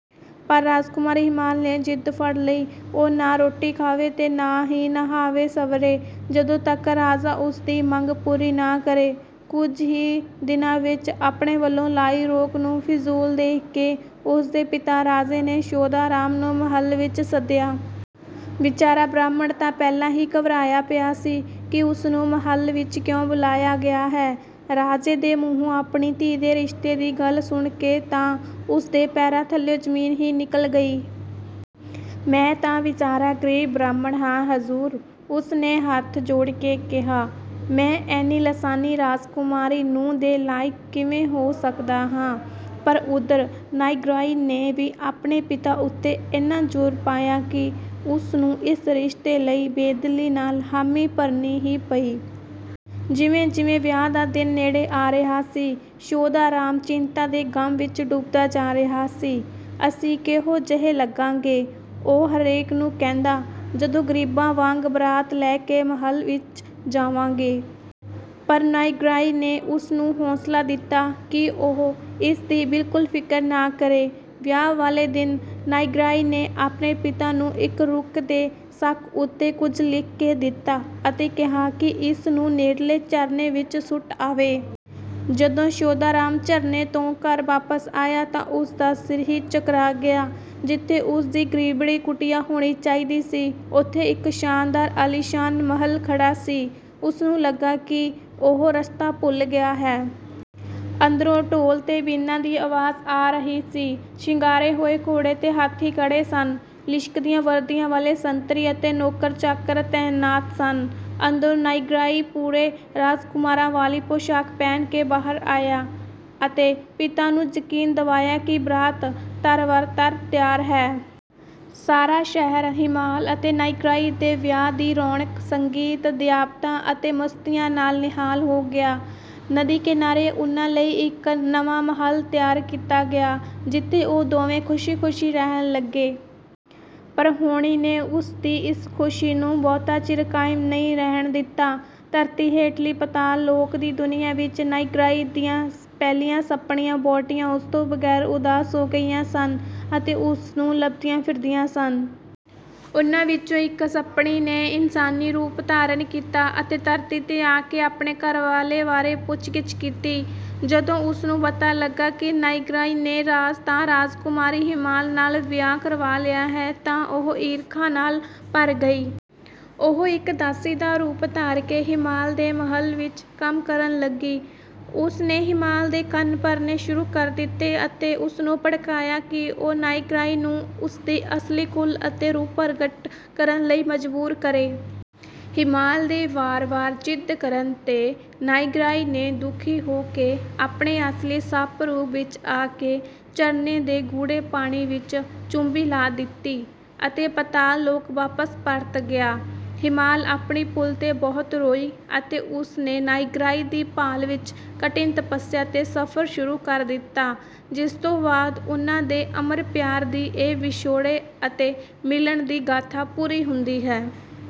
ਪਰ ਰਾਜਕੁਮਾਰੀ ਹੀਮਾਲ ਨੇ ਜ਼ਿੱਦ ਫੜ ਲਈ—ਉਹ ਨਾ ਰੋਟੀ ਖਾਵੇ ਤੇ ਨਾ ਹੀ ਨਹਾਵੇ-ਸੰਵਰੇ, ਜਦੋਂ ਤੱਕ ਰਾਜਾ ਉਸ ਦੀ ਮੰਗ ਪੂਰੀ ਨਾ ਕਰੇ। ਕੁਝ ਹੀ ਦਿਨਾਂ ਵਿੱਚ, ਆਪਣੇ ਵੱਲੋਂ ਲਾਈ ਰੋਕ ਨੂੰ ਫ਼ਿਜ਼ੂਲ ਦੇਖ ਕੇ, ਉਸ ਦੇ ਪਿਤਾ ਰਾਜੇ ਨੇ ਸੋਧਾ ਰਾਮ ਨੂੰ ਮਹੱਲ ਵਿੱਚ ਸੱਦਿਆ। ਵਿਚਾਰਾ ਬ੍ਰਾਹਮਣ ਤਾਂ ਪਹਿਲਾਂ ਹੀ ਘਬਰਾਇਆ ਪਿਆ ਸੀ ਕਿ ਉਸ ਨੂੰ ਮਹੱਲ ਵਿੱਚ ਕਿਉਂ ਬੁਲਾਇਆ ਗਿਆ ਹੈ। ਰਾਜੇ ਦੇ ਮੂੰਹੋਂ ਆਪਣੀ ਧੀ ਦੇ ਰਿਸ਼ਤੇ ਦੀ ਗੱਲ ਸੁਣ ਕੇ ਤਾਂ ਉਸ ਦੇ ਪੈਰਾਂ ਥੱਲਿਓਂ ਜ਼ਮੀਨ ਹੀ ਨਿਕਲ ਗਈ! "ਮੈਂ ਤਾਂ ਵਿਚਾਰਾ ਗਰੀਬ ਬ੍ਰਾਹਮਣ ਹਾਂ, ਹਜ਼ੂਰ!" ਉਸ ਨੇ ਹੱਥ ਜੋੜ ਕੇ ਕਿਹਾ, "ਮੈਂ ਇੰਨੀ ਲਾਸਾਨੀ ਰਾਜਕੁਮਾਰੀ ਨੂੰਹ ਦੇ ਲਾਇਕ ਕਿਵੇਂ ਹੋ ਸਕਦਾ ਹਾਂ?" ਪਰ ਉੱਧਰ ਨਾਇਗ੍ਰਾਈ ਨੇ ਵੀ ਆਪਣੇ ਪਿਤਾ ਉੱਤੇ ਇੰਨਾ ਜ਼ੋਰ ਪਾਇਆ ਕਿ ਉਸ ਨੂੰ ਇਸ ਰਿਸ਼ਤੇ ਲਈ ਬੇਦਿਲੀ ਨਾਲ ਹਾਮੀ ਭਰਨੀ ਹੀ ਪਈ। ਜਿਵੇਂ-ਜਿਵੇਂ ਵਿਆਹ ਦਾ ਦਿਨ ਨੇੜੇ ਆ ਰਿਹਾ ਸੀ, ਸੋਧਾ ਰਾਮ ਚਿੰਤਾ ਦੇ ਗ਼ਮ ਵਿੱਚ ਡੁੱਬਦਾ ਜਾ ਰਿਹਾ ਸੀ। "ਅਸੀਂ ਕਿਹੋ ਜਿਹੇ ਲੱਗਾਂਗੇ," ਉਹ ਹਰੇਕ ਨੂੰ ਕਹਿੰਦਾ, "ਜਦੋਂ ਗ਼ਰੀਬਾਂ ਵਾਂਗ ਬਾਰਾਤ ਲੈ ਕੇ ਮਹੱਲ ਵਿੱਚ ਜਾਵਾਂਗੇ!" ਪਰ ਨਾਇਗ੍ਰਾਈ ਨੇ ਉਸ ਨੂੰ ਹੌਸਲਾ ਦਿੱਤਾ ਕਿ ਉਹ ਇਸ ਦੀ ਬਿਲਕੁਲ ਫ਼ਿਕਰ ਨਾ ਕਰੇ। ਵਿਆਹ ਵਾਲੇ ਦਿਨ ਨਾਇਗ੍ਰਾਈ ਨੇ ਆਪਣੇ ਪਿਤਾ ਨੂੰ ਇੱਕ ਰੁੱਖ ਦੇ ਸੱਕ ਉੱਤੇ ਕੁਝ ਲਿਖ ਕੇ ਦਿੱਤਾ ਅਤੇ ਕਿਹਾ ਕਿ ਇਸ ਨੂੰ ਨੇੜਲੇ ਝਰਨੇ ਵਿੱਚ ਸੁੱਟ ਆਵੇ। ਜਦੋਂ ਸੋਧਾ ਰਾਮ ਝਰਨੇ ਤੋਂ ਘਰ ਵਾਪਸ ਆਇਆ ਤਾਂ ਉਸ ਦਾ ਸਿਰ ਹੀ ਚਕਰਾ ਗਿਆ! ਜਿੱਥੇ ਉਸ ਦੀ ਗ਼ਰੀਬੜੀ ਕੁਟੀਆ ਹੋਣੀ ਚਾਹੀਦੀ ਸੀ, ਉੱਥੇ ਇੱਕ ਸ਼ਾਨਦਾਰ ਆਲੀਸ਼ਾਨ ਮਹੱਲ ਖੜ੍ਹਾ ਸੀ। ਉਸ ਨੂੰ ਲੱਗਾ ਕਿ ਉਹ ਰਸਤਾ ਭੁੱਲ ਗਿਆ ਹੈ। ਅੰਦਰੋਂ ਢੋਲ ਤੇ ਬੀਨਾਂ ਦੀ ਆਵਾਜ਼ ਆ ਰਹੀ ਸੀ, ਸ਼ਿੰਗਾਰੇ ਹੋਏ ਘੋੜੇ ਤੇ ਹਾਥੀ ਖੜ੍ਹੇ ਸਨ, ਲਿਸ਼ਕਦੀਆਂ ਵਰਦੀਆਂ ਵਾਲੇ ਸੰਤਰੀ ਅਤੇ ਨੌਕਰ-ਚਾਕਰ ਤੈਨਾਤ ਸਨ। ਅੰਦਰੋਂ ਨਾਇਗ੍ਰਾਈ ਪੂਰੇ ਰਾਜਕੁਮਾਰਾਂ ਵਾਲੀ ਪੋਸ਼ਾਕ ਪਹਿਨ ਕੇ ਬਾਹਰ ਆਇਆ ਅਤੇ ਪਿਤਾ ਨੂੰ ਯਕੀਨ ਦਿਵਾਇਆ ਕਿ ਬਾਰਾਤ ਤਾਰ-ਬਰ-ਤਾਰ ਤਿਆਰ ਹੈ। ਸਾਰਾ ਸ਼ਹਿਰ ਹੀਮਾਲ ਅਤੇ ਨਾਇਗ੍ਰਾਈ ਦੇ ਵਿਆਹ ਦੀ ਰੌਣਕ, ਸੰਗੀਤ, ਦਾਅਵਤਾਂ ਅਤੇ ਮਸਤੀਆਂ ਨਾਲ ਨਿਹਾਲ ਹੋ ਗਿਆ। ਨਦੀ ਕਿਨਾਰੇ ਉਨ੍ਹਾਂ ਲਈ ਇੱਕ ਨਵਾਂ ਮਹੱਲ ਤਿਆਰ ਕੀਤਾ ਗਿਆ, ਜਿੱਥੇ ਉਹ ਦੋਵੇਂ ਖ਼ੁਸ਼ੀ-ਖ਼ੁਸ਼ੀ ਰਹਿਣ ਲੱਗੇ। ਪਰ ਹੋਣੀ ਨੇ ਉਨ੍ਹਾਂ ਦੀ ਇਸ ਖ਼ੁਸ਼ੀ ਨੂੰ ਬਹੁਤਾ ਚਿਰ ਕਾਇਮ ਨਹੀਂ ਰਹਿਣ ਦਿੱਤਾ। ਧਰਤੀ ਹੇਠਲੀ ਪਤਾਲ-ਲੋਕ ਦੀ ਦੁਨੀਆ ਵਿੱਚ ਨਾਇਗ੍ਰਾਈ ਦੀਆਂ ਪਹਿਲੀਆਂ ਸੱਪਣੀਆਂ-ਵਹੁਟੀਆਂ ਉਸ ਤੋਂ ਬਗ਼ੈਰ ਉਦਾਸ ਹੋ ਗਈਆਂ ਸਨ ਅਤੇ ਉਸ ਨੂੰ ਲੱਭਦੀਆਂ ਫਿਰਦੀਆਂ ਸਨ। ਉਨ੍ਹਾਂ ਵਿੱਚੋਂ ਇੱਕ ਸੱਪਣੀ ਨੇ ਇਨਸਾਨੀ ਰੂਪ ਧਾਰਨ ਕੀਤਾ ਅਤੇ ਧਰਤੀ 'ਤੇ ਆ ਕੇ ਆਪਣੇ ਘਰਵਾਲੇ ਬਾਰੇ ਪੁੱਛਗਿੱਛ ਕੀਤੀ। ਜਦੋਂ ਉਸ ਨੂੰ ਪਤਾ ਲੱਗਾ ਕਿ ਨਾਇਗ੍ਰਾਈ ਨੇ ਤਾਂ ਰਾਜਕੁਮਾਰੀ ਹੀਮਾਲ ਨਾਲ ਵਿਆਹ ਕਰਵਾ ਲਿਆ ਹੈ, ਤਾਂ ਉਹ ਈਰਖਾ ਨਾਲ ਭਰ ਗਈ। ਉਹ ਇੱਕ ਦਾਸੀ ਦਾ ਰੂਪ ਧਾਰ ਕੇ ਹੀਮਾਲ ਦੇ ਮਹੱਲ ਵਿੱਚ ਕੰਮ ਕਰਨ ਲੱਗੀ। ਉਸ ਨੇ ਹੀਮਾਲ ਦੇ ਕੰਨ ਭਰਨੇ ਸ਼ੁਰੂ ਕਰ ਦਿੱਤੇ ਅਤੇ ਉਸ ਨੂੰ ਭੜਕਾਇਆ ਕਿ ਉਹ ਨਾਇਗ੍ਰਾਈ ਨੂੰ ਉਸ ਦੀ ਅਸਲੀ ਕੁੱਲ ਅਤੇ ਰੂਪ ਪ੍ਰਗਟ ਕਰਨ ਲਈ ਮਜ਼ਬੂਰ ਕਰੇ। ਹੀਮਾਲ ਦੇ ਬਾਰ-ਬਾਰ ਜ਼ਿੱਦ ਕਰਨ 'ਤੇ, ਨਾਇਗ੍ਰਾਈ ਨੇ ਦੁਖੀ ਹੋ ਕੇ ਆਪਣੇ ਅਸਲੀ ਸੱਪ-ਰੂਪ ਵਿੱਚ ਆ ਕੇ ਝਰਨੇ ਦੇ ਗੂੜ੍ਹੇ ਪਾਣੀ ਵਿੱਚ ਚੁੱਭੀ ਲਾ ਦਿੱਤੀ ਅਤੇ ਪਤਾਲ-ਲੋਕ ਵਾਪਸ ਪਰਤ ਗਿਆ। ਹੀਮਾਲ ਆਪਣੀ ਭੁੱਲ 'ਤੇ ਬਹੁਤ ਰੋਈ ਅਤੇ ਉਸ ਨੇ ਨਾਇਗ੍ਰਾਈ ਦੀ ਭਾਲ ਵਿੱਚ ਕਠਿਨ ਤਪੱਸਿਆ ਤੇ ਸਫ਼ਰ ਸ਼ੁਰੂ ਕਰ ਦਿੱਤਾ, ਜਿਸ ਤੋਂ ਬਾਅਦ ਉਨ੍ਹਾਂ ਦੇ ਅਮਰ ਪਿਆਰ ਦੀ ਇਹ ਵਿਛੋੜੇ ਅਤੇ ਮਿਲਣ ਦੀ ਗਾਥਾ ਪੂਰੀ ਹੁੰਦੀ ਹੈ।